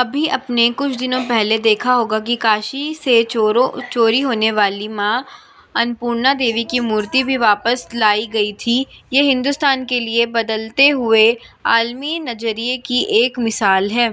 ابھی آپ نے کچھ دن پہلے دیکھا ہوگا کہ کاشی سے چوری ہونے والی ماں اناپورنا دیوی کی مورتی بھی واپس لائی گئی تھی۔ یہ بھارت کے لیے بدلتے ہوئے عالمی نقطۂ نظر کی ایک مثال ہے۔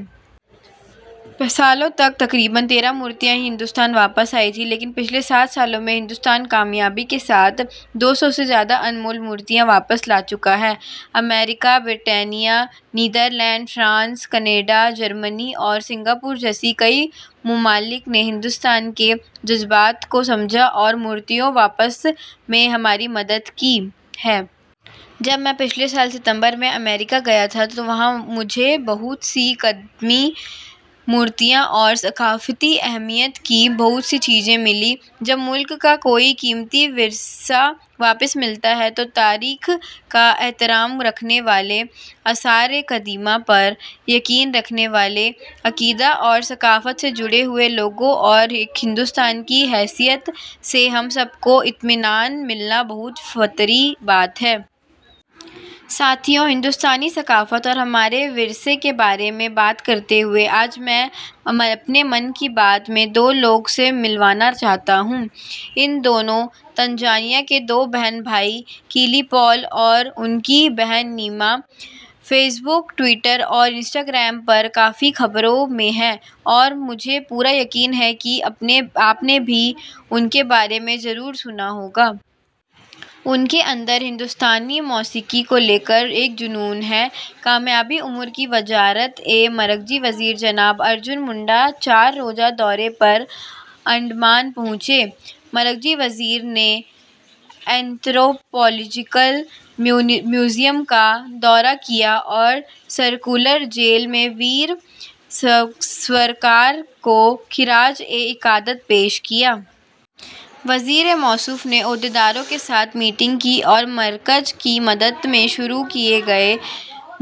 سالوں تک تقریباً تیرہ مورتیاں بھارت واپس آئی تھیں، لیکن پچھلے سات سالوں میں بھارت کامیابی سے دو سو سے زیادہ انمول مورتیاں واپس لا چکا ہے۔ امریکہ، برطانیہ، نیدرلینڈز، فرانس، کینیڈا، جرمنی اور سنگاپور جیسے کئی ممالک نے بھارت کے جذبات کو سمجھا ہے اور مورتیاں واپس لانے میں ہماری مدد کی ہے۔ جب میں پچھلے سال ستمبر میں امریکہ گیا تھا تو وہاں مجھے بہت سی قدیم مورتیاں اور ثقافتی اہمیت کی بہت سی چیزیں ملیں۔ جب ملک کا کوئی قیمتی ورثہ واپس ملتا ہے تو تاریخ کا احترام رکھنے والے، آثارِ قدیمہ پر یقین رکھنے والے، عقیدے اور ثقافت سے جڑے ہوئے لوگوں اور ایک بھارتی کی حیثیت سے ہم سب کو اطمینان ملنا بہت فطری بات ہے۔ ساتھیو، بھارتی ثقافت اور ہمارے ورثے کے بارے میں بات کرتے ہوئے، آج میں آپ کو ''من کی بات'' میں دو لوگوں سے ملوانا چاہتا ہوں۔ ان دنوں تنزانیہ کے دو بہن بھائی، کلی پال اور ان کی بہن نیما، فیس بک، ٹوئٹر اور انسٹاگرام پر کافی خبروں میں ہیں اور مجھے پورا یقین ہے کہ آپ نے بھی ان کے بارے میں ضرور سنا ہوگا۔ ان کے اندر بھارتی موسیقی کو لے کر ایک جنون ہے۔ قبائلی امور کی وزارت آدیواسی امور کے مرکزی وزیر جناب ارجن منڈا چار روزہ دورے پر انڈمان پہنچے۔ مرکزی وزیر نے اینتھروپولوجیکل میوزیم کا دورہ کیا اور سیلولر جیل میں ویر ساورکر کو خراجِ عقیدت پیش کیا۔ وزیر موصوف نے عہدیداروں کے ساتھ میٹنگ کی اور مرکز کی مدد سے شروع کیے گئے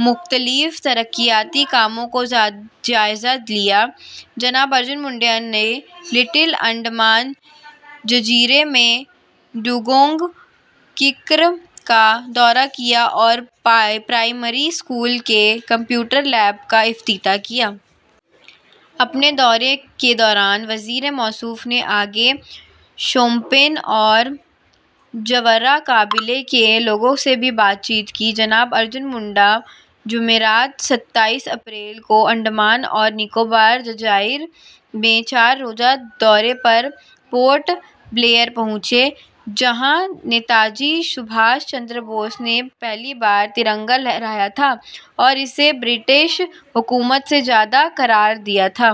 مختلف ترقیاتی کاموں کا جائزہ لیا۔ جناب ارجن منڈا نے لٹل انڈمان جزیرے میں ڈوگونگ کریک کا دورہ کیا اور پرائمری اسکول میں کمپیوٹر لیب کا افتتاح کیا۔ اپنے دورے کے دوران وزیر موصوف نے انگے، شومپین اور جاراوا قبائل کے لوگوں سے بھی بات چیت کی۔ جناب ارجن منڈا جمعرات، ستائیس اپریل کو انڈمان اور نکوبار جزائر کے چار روزہ دورے پر پورٹ بلیئر پہنچے، جہاں نیتاجی سبھاش چندر بوس نے پہلی بار ترنگا لہرایا تھا اور اسے برطانوی حکمرانی سے آزاد قرار دیا تھا۔